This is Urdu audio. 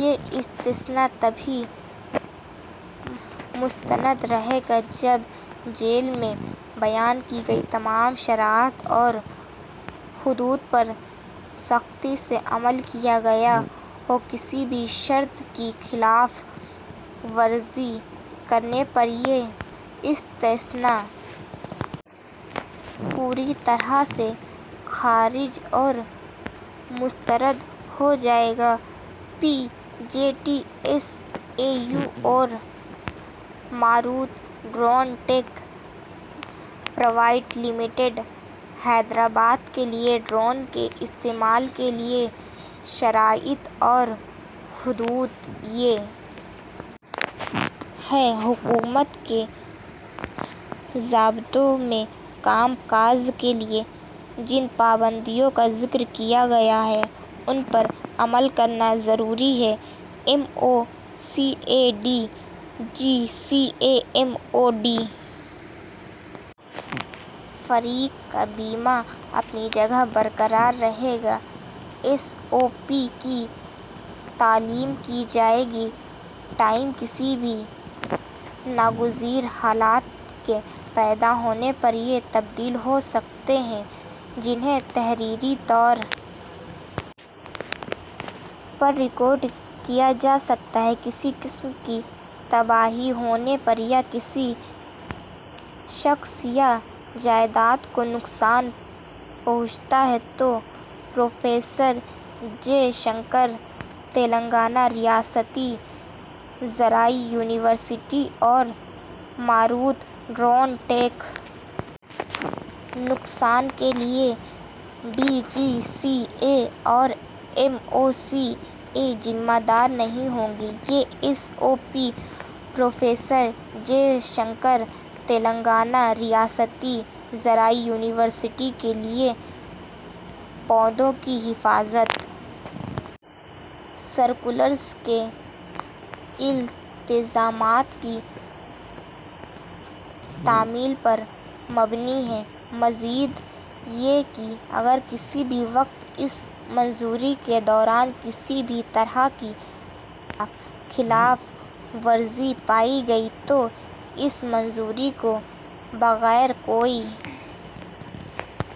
یہ استثنیٰ تبھی مستند رہے گا جب ذیل میں بیان کی گئی تمام شرائط اور حدود پر سختی سے عمل کیا گیا ہو کسی بھی شرط کی خلاف ورزی کرنے پر یہ استثنیٰ پوری طرح سے خارج اور مسترد ہو جائے گا P J T S A U اور Marut drone tech private limited Hyderabad کے لیے ڈرون کے استعمال کے لیے شرائط اور حدود یہ ہیں حکومت کے ضابطوں میں کام کاج کے لیے جن پابندیوں کا ذکر کیا گیا ہے ان پر عمل کرنا ضروری ہے M O C A D G C A M O D فریق کا بیمہ اپنی جگہ برقرار رہے گا ایس او پی کی تعمیل کی جائے گی تاہم کسی بھی ناگزیر حالات کے پیدا ہونے پر یہ تبدیل ہو سکتے ہیں جنہیں تحریری طور پر ریکارڈ کیا جا سکتا ہے کسی قسم کی تباہی ہونے پر یا کسی شخص یا جائیداد کو نقصان پہنچتا ہے تو پروفیسر جے شنکر تلنگانہ ریاستی زرعی یونیورسٹی اور ماروت ڈرون ٹیک نقصان کے لیے ڈی جی سی اے اور ایم او سی اے ذمہ دار نہیں ہوں گے یہ S O P professor J Shankar Telangana ریاستی زرعی یونیورسٹی کے لیے پودوں کی حفاظت سرکلرز کے التزامات کی تعمیل پر مبنی ہے مزید یہ کہ اگر کسی بھی وقت اس منظوری کے دوران کسی بھی طرح کی خلاف ورزی پائی گئی تو اس منظوری کو بغیر کوئی